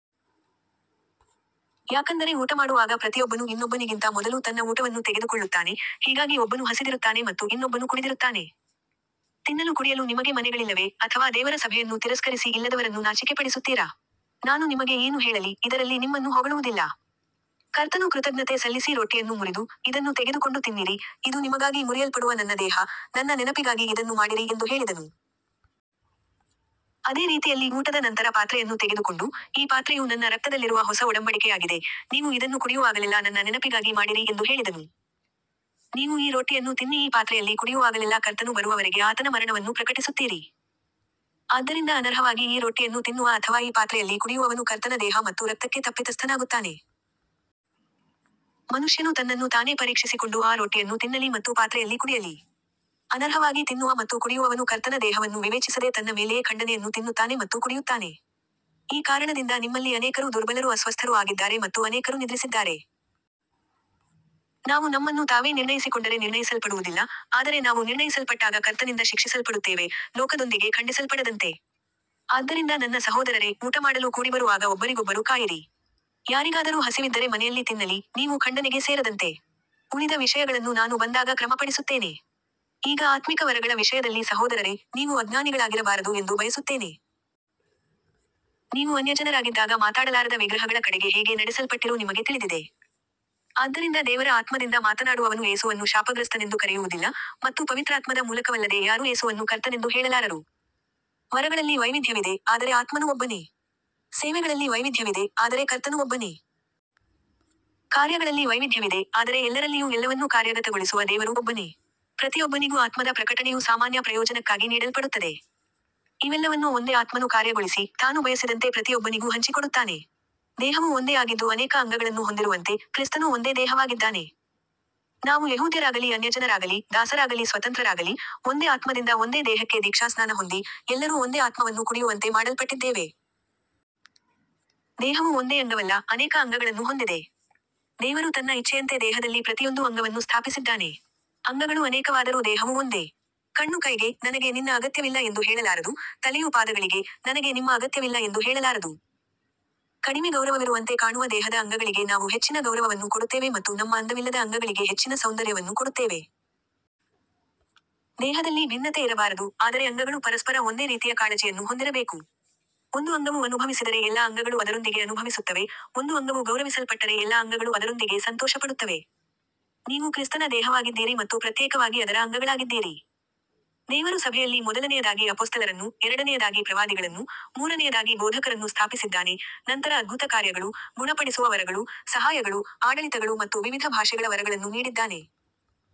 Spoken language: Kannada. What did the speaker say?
ಯಾಕಂದರೆ ಊಟಮಾಡುವಾಗ ಪ್ರತಿಯೊಬ್ಬನು ಇನ್ನೊಬ್ಬನಿಗಿಂತ ಮೊದಲು ತನ್ನ ಊಟವನ್ನು ತೆಗೆದುಕೊಳ್ಳುತ್ತಾನೆ, ಹೀಗಾಗಿ ಒಬ್ಬನು ಹಸಿದಿರುತ್ತಾನೆ ಮತ್ತು ಇನ್ನೊಬ್ಬನು ಕುಡಿದಿರುತ್ತಾನೆ. ತಿನ್ನಲು ಕುಡಿಯಲು ನಿಮಗೆ ಮನೆಗಳಿಲ್ಲವೇ, ಅಥವಾ ದೇವರ ಸಭೆಯನ್ನು ತಿರಸ್ಕರಿಸಿ ಇಲ್ಲದವರನ್ನು ನಾಚಿಕೆಪಡಿಸುತ್ತೀರಾ. ನಾನು ನಿಮಗೆ ಏನು ಹೇಳಲಿ, ಇದರಲ್ಲಿ ನಿಮ್ಮನ್ನು ಹೊಗಳುವುದಿಲ್ಲ. ಕರ್ತನು ಕೃತಜ್ಞತೆ ಸಲ್ಲಿಸಿ ರೊಟ್ಟಿಯನ್ನು ಮುರಿದು, ಇದನ್ನು ತೆಗೆದುಕೊಂಡು ತಿನ್ನಿರಿ, ಇದು ನಿಮಗಾಗಿ ಮುರಿಯಲ್ಪಡುವ ನನ್ನ ದೇಹ, ನನ್ನ ನೆನಪಿಗಾಗಿ ಇದನ್ನು ಮಾಡಿರಿ ಎಂದು ಹೇಳಿದನು. ಅದೇ ರೀತಿಯಲ್ಲಿ ಊಟದ ನಂತರ ಪಾತ್ರೆಯನ್ನು ತೆಗೆದುಕೊಂಡು, ಈ ಪಾತ್ರೆಯು ನನ್ನ ರಕ್ತದಲ್ಲಿರುವ ಹೊಸ ಒಡಂಬಡಿಕೆಯಾಗಿದೆ, ನೀವು ಇದನ್ನು ಕುಡಿಯುವಾಗಲೆಲ್ಲಾ ನನ್ನ ನೆನಪಿಗಾಗಿ ಮಾಡಿರಿ ಎಂದು ಹೇಳಿದನು. ನೀವು ಈ ರೊಟ್ಟಿಯನ್ನು ತಿನ್ನಿ ಈ ಪಾತ್ರೆಯಲ್ಲಿ ಕುಡಿಯುವಾಗಲೆಲ್ಲಾ ಕರ್ತನು ಬರುವವರೆಗೆ ಆತನ ಮರಣವನ್ನು ಪ್ರಕಟಿಸುತ್ತೀರಿ. ಆದ್ದರಿಂದ ಅನರ್ಹವಾಗಿ ಈ ರೊಟ್ಟಿಯನ್ನು ತಿನ್ನುವ ಅಥವಾ ಈ ಪಾತ್ರೆಯಲ್ಲಿ ಕುಡಿಯುವವನು ಕರ್ತನ ದೇಹ ಮತ್ತು ರಕ್ತಕ್ಕೆ ತಪ್ಪಿತಸ್ಥನಾಗುತ್ತಾನೆ. ಮನುಷ್ಯನು ತನ್ನನ್ನು ತಾನೇ ಪರೀಕ್ಷಿಸಿಕೊಂಡು ಆ ರೊಟ್ಟಿಯನ್ನು ತಿನ್ನಲಿ ಮತ್ತು ಪಾತ್ರೆಯಲ್ಲಿ ಕುಡಿಯಲಿ. ಅನರ್ಹವಾಗಿ ತಿನ್ನುವ ಮತ್ತು ಕುಡಿಯುವವನು ಕರ್ತನ ದೇಹವನ್ನು ವಿವೇಚಿಸದೆ ತನ್ನ ಮೇಲೆಯೇ ಖಂಡನೆಯನ್ನು ತಿನ್ನುತ್ತಾನೆ ಮತ್ತು ಕುಡಿಯುತ್ತಾನೆ. ಈ ಕಾರಣದಿಂದ ನಿಮ್ಮಲ್ಲಿ ಅನೇಕರು ದುರ್ಬಲರೂ ಅಸ್ವಸ್ಥರೂ ಆಗಿದ್ದಾರೆ ಮತ್ತು ಅನೇಕರು ನಿದ್ರಿಸಿದ್ದಾರೆ. ನಾವು ನಮ್ಮನ್ನು ತಾವೇ ನಿರ್ಣಯಿಸಿಕೊಂಡರೆ ನಿರ್ಣಯಿಸಲ್ಪಡುವುದಿಲ್ಲ, ಆದರೆ ನಾವು ನಿರ್ಣಯಿಸಲ್ಪಟ್ಟಾಗ ಕರ್ತನಿಂದ ಶಿಕ್ಷಿಸಲ್ಪಡುತ್ತೇವೆ, ಲೋಕದೊಂದಿಗೆ ಖಂಡಿಸಲ್ಪಡದಂತೆ. ಆದ್ದರಿಂದ ನನ್ನ ಸಹೋದರರೇ, ಊಟಮಾಡಲು ಕೂಡಿಬರುವಾಗ ಒಬ್ಬರಿಗೊಬ್ಬರು ಕಾಯಿರಿ. ಯಾರಿಗಾದರೂ ಹಸಿವಿದ್ದರೆ ಮನೆಯಲ್ಲಿ ತಿನ್ನಲಿ, ನೀವು ಖಂಡನೆಗೆ ಸೇರದಂತೆ. ಉಳಿದ ವಿಷಯಗಳನ್ನು ನಾನು ಬಂದಾಗ ಕ್ರಮಪಡಿಸುತ್ತೇನೆ. ಈಗ ಆತ್ಮಿಕ ವರಗಳ ವಿಷಯದಲ್ಲಿ ಸಹೋದರರೇ, ನೀವು ಅಜ್ಞಾನಿಗಳಾಗಿರಬಾರದು ಎಂದು ಬಯಸುತ್ತೇನೆ. ನೀವು ಅನ್ಯಜನರಾಗಿದ್ದಾಗ ಮಾತಾಡಲಾರದ ವಿಗ್ರಹಗಳ ಕಡೆಗೆ ಹೇಗೆ ನಡೆಸಲ್ಪಟ್ಟಿರೋ ನಿಮಗೆ ತಿಳಿದಿದೆ. ಆದ್ದರಿಂದ ದೇವರ ಆತ್ಮದಿಂದ ಮಾತನಾಡುವವನು ಯೇಸುವನ್ನು ಶಾಪಗ್ರಸ್ತನೆಂದು ಕರೆಯುವುದಿಲ್ಲ, ಮತ್ತು ಪವಿತ್ರಾತ್ಮದ ಮೂಲಕವಲ್ಲದೆ ಯಾರೂ ಯೇಸುವನ್ನು ಕರ್ತನೆಂದು ಹೇಳಲಾರರು. ವರಗಳಲ್ಲಿ ವೈವಿಧ್ಯವಿದೆ, ಆದರೆ ಆತ್ಮನು ಒಬ್ಬನೇ. ಸೇವೆಗಳಲ್ಲಿ ವೈವಿಧ್ಯವಿದೆ, ಆದರೆ ಕರ್ತನು ಒಬ್ಬನೇ. ಕಾರ್ಯಗಳಲ್ಲಿ ವೈವಿಧ್ಯವಿದೆ, ಆದರೆ ಎಲ್ಲರಲ್ಲಿಯೂ ಎಲ್ಲವನ್ನೂ ಕಾರ್ಯಗತಗೊಳಿಸುವ ದೇವರು ಒಬ್ಬನೇ. ಪ್ರತಿಯೊಬ್ಬನಿಗೂ ಆತ್ಮದ ಪ್ರಕಟಣೆಯು ಸಾಮಾನ್ಯ ಪ್ರಯೋಜನಕ್ಕಾಗಿ ನೀಡಲ್ಪಡುತ್ತದೆ. ಇವೆಲ್ಲವನ್ನೂ ಒಂದೇ ಆತ್ಮನು ಕಾರ್ಯಗೊಳಿಸಿ, ತಾನು ಬಯಸಿದಂತೆ ಪ್ರತಿಯೊಬ್ಬನಿಗೂ ಹಂಚಿಕೊಡುತ್ತಾನೆ. ದೇಹವು ಒಂದೇ ಆಗಿದ್ದು ಅನೇಕ ಅಂಗಗಳನ್ನು ಹೊಂದಿರುವಂತೆ, ಕ್ರಿಸ್ತನೂ ಒಂದೇ ದೇಹವಾಗಿದ್ದಾನೆ. ನಾವು ಯೆಹೂದ್ಯರಾಗಲಿ ಅನ್ಯಜನರಾಗಲಿ, ದಾಸರಾಗಲಿ ಸ್ವತಂತ್ರರಾಗಲಿ, ಒಂದೇ ಆತ್ಮದಿಂದ ಒಂದೇ ದೇಹಕ್ಕೆ ದೀಕ್ಷಾಸ್ನಾನ ಹೊಂದಿ, ಎಲ್ಲರೂ ಒಂದೇ ಆತ್ಮವನ್ನು ಕುಡಿಯುವಂತೆ ಮಾಡಲ್ಪಟ್ಟಿದ್ದೇವೆ. ದೇಹವು ಒಂದೇ ಅಂಗವಲ್ಲ, ಅನೇಕ ಅಂಗಗಳನ್ನು ಹೊಂದಿದೆ. ದೇವರು ತನ್ನ ಇಚ್ಛೆಯಂತೆ ದೇಹದಲ್ಲಿ ಪ್ರತಿಯೊಂದು ಅಂಗವನ್ನು ಸ್ಥಾಪಿಸಿದ್ದಾನೆ. ಅಂಗಗಳು ಅನೇಕವಾದರೂ ದೇಹವು ಒಂದೇ. ಕಣ್ಣು ಕೈಗೆ, ನನಗೆ ನಿನ್ನ ಅಗತ್ಯವಿಲ್ಲ ಎಂದು ಹೇಳಲಾರದು, ತಲೆಯೂ ಪಾದಗಳಿಗೆ, ನನಗೆ ನಿಮ್ಮ ಅಗತ್ಯವಿಲ್ಲ ಎಂದು ಹೇಳಲಾರದು. ಕಡಿಮೆ ಗೌರವವಿರುವಂತೆ ಕಾಣುವ ದೇಹದ ಅಂಗಗಳಿಗೆ ನಾವು ಹೆಚ್ಚಿನ ಗೌರವವನ್ನು ಕೊಡುತ್ತೇವೆ ಮತ್ತು ನಮ್ಮ ಅಂದವಿಲ್ಲದ ಅಂಗಗಳಿಗೆ ಹೆಚ್ಚಿನ ಸೌಂದರ್ಯವನ್ನು ಕೊಡುತ್ತೇವೆ. ದೇಹದಲ್ಲಿ ಭಿನ್ನತೆ ಇರಬಾರದು, ಆದರೆ ಅಂಗಗಳು ಪರಸ್ಪರ ಒಂದೇ ರೀತಿಯ ಕಾಳಜಿಯನ್ನು ಹೊಂದಿರಬೇಕು. ಒಂದು ಅಂಗವು ಅನುಭವಿಸಿದರೆ ಎಲ್ಲಾ ಅಂಗಗಳು ಅದರೊಂದಿಗೆ ಅನುಭವಿಸುತ್ತವೆ, ಒಂದು ಅಂಗವು ಗೌರವಿಸಲ್ಪಟ್ಟರೆ ಎಲ್ಲಾ ಅಂಗಗಳು ಅದರೊಂದಿಗೆ ಸಂತೋಷಪಡುತ್ತವೆ. ನೀವು ಕ್ರಿಸ್ತನ ದೇಹವಾಗಿದ್ದೀರಿ ಮತ್ತು ಪ್ರತ್ಯೇಕವಾಗಿ ಅದರ ಅಂಗಗಳಾಗಿದ್ದೀರಿ. ದೇವರು ಸಭೆಯಲ್ಲಿ ಮೊದಲನೆಯದಾಗಿ ಅಪೊಸ್ತಲರನ್ನು, ಎರಡನೆಯದಾಗಿ ಪ್ರವಾದಿಗಳನ್ನು, ಮೂರನೆಯದಾಗಿ ಬೋಧಕರನ್ನು ಸ್ಥಾಪಿಸಿದ್ದಾನೆ, ನಂತರ ಅದ್ಭುತಕಾರ್ಯಗಳು, ಗುಣಪಡಿಸುವ ವರಗಳು, ಸಹಾಯಗಳು, ಆಡಳಿತಗಳು ಮತ್ತು ವಿವಿಧ ಭಾಷೆಗಳ ವರಗಳನ್ನು ನೀಡಿದ್ದಾನೆ.